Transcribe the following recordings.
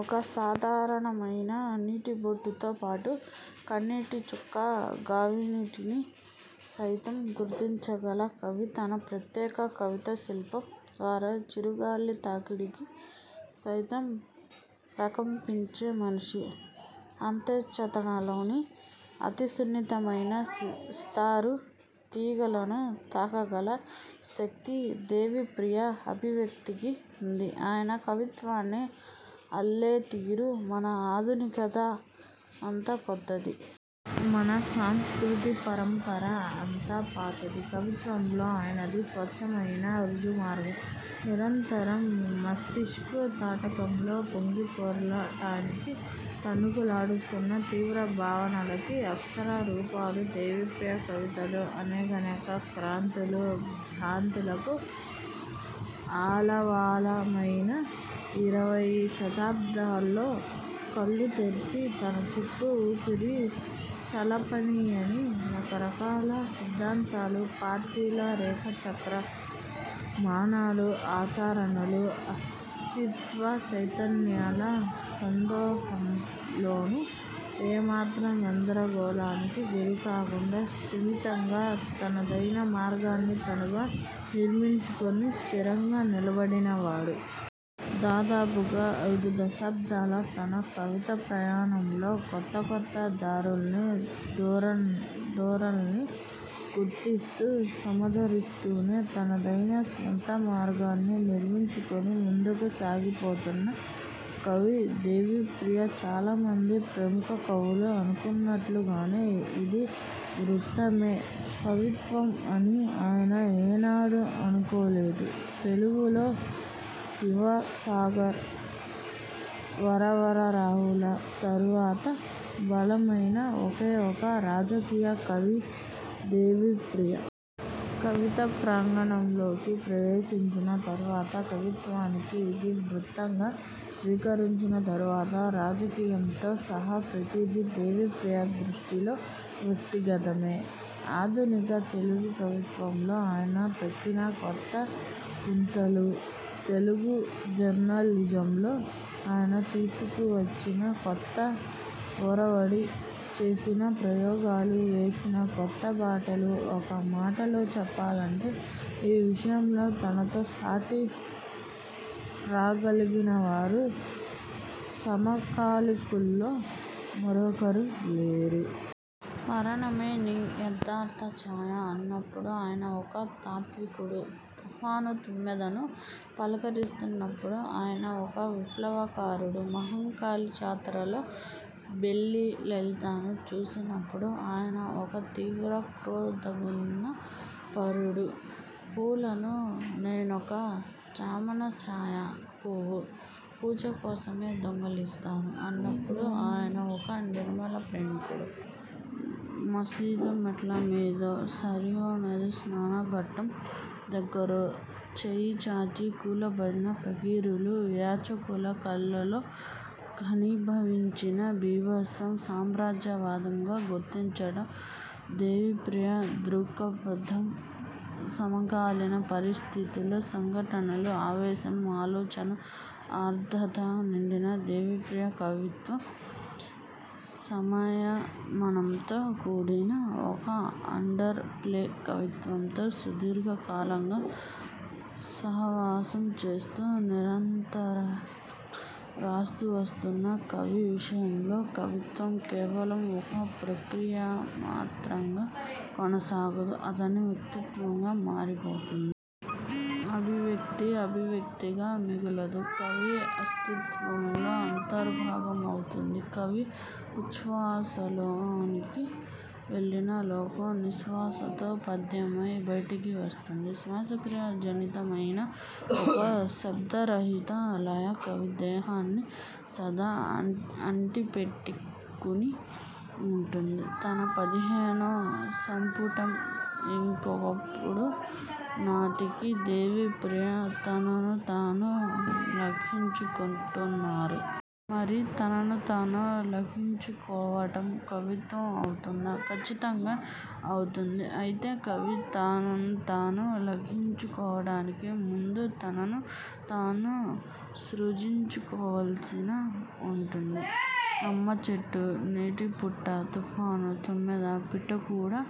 ఒక సాధారణమయిన నీటిబొట్టుతోపాటు కన్నీటిచుక్క గ్రావిటీని సయితం గుర్తించగల కవి. తన ప్రత్యేక కవితాశిల్పం ద్వారా చిరుగాలి తాకిడికి సైతం ప్రకంపించే మనిషి అంతశ్చేతనలోని అతి సున్నితమయిన సితారు తీగెలను తాకగల శక్తి దేవిప్రియ అభివ్యక్తికి వుంది. ఆయన కవిత్వాన్ని అల్లే తీరు మన ఆధునికత అంత కొత్తది. మన స్మృతిపరంపర అంత పాతది. కవిత్వంలో ఆయనది స్వచ్ఛమయిన రుజుమార్గం. ''నిరంతరం మస్తిష్క తటాకంలో పొంగిపొర్ల టానికి తన్నుకులాడ్తూన్న తీవ్రభావనలకి'' అక్షర రూపాలు దేవిప్రియ కవితలు. అనేకానేక క్రాంతులు, భ్రాంతులకు ఆలవాలమయిన ఇరవయ్యో శతాబ్దంలో కళ్ళు తెరచి, తనచుట్టూ ఊపిరి సలపనీయని రకరకాల సిద్ధాంతాలు, పార్టీల రేఖాచంక్ర మణాలు, ఆచరణలు, అస్తిత్వచైతన్యాల సందోహంలోనూ ఏమాత్రం గందరగోళానికి గురికాకుండా స్థిమితంగా తనదయిన మార్గాన్ని తానుగా నిర్మించుకుని స్థిరంగా నిలబడినవాడు. దాదాపుగా అయిదు దశాబ్దాల తన కవితాప్రయాణంలో కొత్తకొత్త దారుల్నీ, ధోరణుల్నీ గుర్తిస్తూ, సమాదరిస్తూనే తనదయిన స్వంతమార్గాన్ని నిర్మిం చుకుని ముందుకు సాగిపోతూన్న కవి దేవిప్రియ. చాలామంది ప్రముఖ కవులు అనుకుంటున్నట్లుగా ఇతివృత్తమే కవిత్వం అని ఆయన ఏనాడూ అనుకోలేదు. తెలుగులో శివసాగర్, వరవరరావుల తరువాత బలమైన ఒకేఒక రాజకీయ కవి దేవిప్రియ. కవితా ప్రాంగణంలోకి ప్రవేశించిన తరువాత, కవిత్వానికి ఇతివృత్తంగా స్వీకరించిన తరువాత రాజకీయంతో సహా ప్రతీదీ దేవిప్రియ దృష్టిలో వ్యక్తిగతమే. ఆధునిక తెలుగు కవిత్వంలో ఆయన తొక్కిన కొత్త పుంతలు, తెలుగు జర్నలిజంలో ఆయన తీసుకువచ్చిన కొత్త ఒరవడి, చేసిన ప్రయోగాలు, వేసిన కొత్త బాటలు, ఒక్క మాటలో చెప్పాలంటే ఈ విషయంలో తనతో సాటి రాగలిగినవారు సమకాలికుల్లో మరొకరు లేరు. ''మరణమే నీ యదార్థ ఛాయ'' అన్నప్పుడు ఆయన ఒక తాత్వికుడు. ''తుఫాను తుమ్మెద''ను పలకరిస్తున్నపుడు ఆయన ఒక విప్లవకారుడు. మహంకాళి జాతరలో బెల్లి లలితను చూసినపుడు ఆయన ఒక తీవ్ర క్రోధాగ్నిపరుడు. ''పూలను నేనొక చామనఛాయ పువ్వు పూజ కోసమే దొంగిలిస్తాను'' అన్నప్పుడు ఆయన ఒక నిర్మలప్రేమికుడు. ''మసీదు మెట్లమీదో/ సరయూనది స్నానఘట్టం దగ్గరో/ చెయ్యచాచి కూలబడిన ఫకీరులు యాచకుల కళ్ళలో/ ఘనీభవించిన బీభత్సం సామ్రాజ్యవాదం''గా గుర్తిం చటం దేవిప్రియ దృక్పథం. సమకాలీన పరిస్థితులు, సంఘటనలు, ఆవేశం, ఆలోచన, ఆర్ద్రత నిండిన దేవిప్రియ కవిత్వం సంయమనంతో కూడిన ఒక అండర్ ప్లే కవిత్వంతో సుదీర్ఘ కాలంగా సహవాసం చేస్తూ, నిరంతరాయంగా రాస్తూవస్తూన్న కవి విషయంలో కవిత్వం కేవలం ఒక ప్రక్రియామాత్రంగా కొనసాగదు, అతని వ్యక్తిత్వంగా మారిపోతుంది. అభివ్యక్తి అభివ్యక్తిగా మిగలదు, కవి అస్తిత్వంలో అంతర్భాగమవుతుంది. కవి ''ఉచ్ఛ్వాసలో లోనికి వెళ్ళిన లోకం నిశ్వాసతో పద్యమై బయటికి వస్తుంది. '' శ్వాసక్రియా జనితమయిన ఒక శబ్దరహిత లయ కవి దేహాన్ని సదా అంటిపెట్టుకుని వుంటుంది. తన పదిహేనో సంపుటం 'ఇం కొకప్పుడు' నాటికి దేవిప్రియ తననుతాను లిఖించుకుంటున్నారు. మరి తననుతాను లిఖించుకోవటం కవిత్వం అవుతుందా? ఖచ్చితంగా అవుతుంది. అయితే కవి తననుతాను లిఖించు కోవటానికి ముందు తనను తాను సృజించుకోవలసి వుంటుంది. 'అమ్మచెట్టు', 'నీటిపుట్ట', 'తుఫాను తుమ్మెద', 'పిట్టకూడా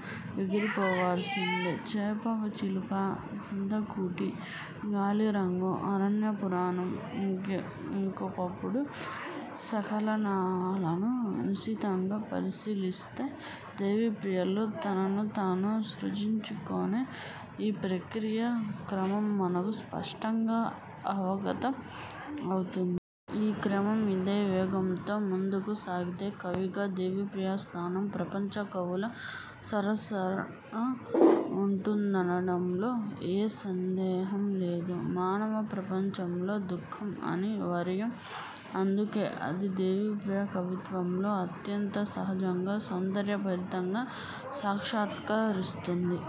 ఎగిరిపోవలసిందే', 'చేపచిలుక', 'గంధకుటి', 'గాలిరంగు', 'అరణ్యపురాణం', 'ఇం కొకప్పుడు' సంకలనాలను నిశితంగా పరిశీలిస్తే దేవిప్రియలో తననుతాను సృజించుకునే ఈ ప్రక్రియ క్రమం మనకు స్పష్టంగా అవగతం అవుతుంది. ఈ క్రమం ఇదే వేగంతో ముందుకు సాగితే కవిగా దేవిప్రియ స్థానం ప్రపంచ కవుల సరసన వుంటుందనటంలో ఏ సందేహం లేదు. మానవ ప్రపంచంలో దుఃఖం అనివార్యం. అందుకే అది దేవిప్రియ కవిత్వంలో అత్యంత సహజంగా, సౌందర్యభరితంగా సాక్షాత్కరిస్తుంది.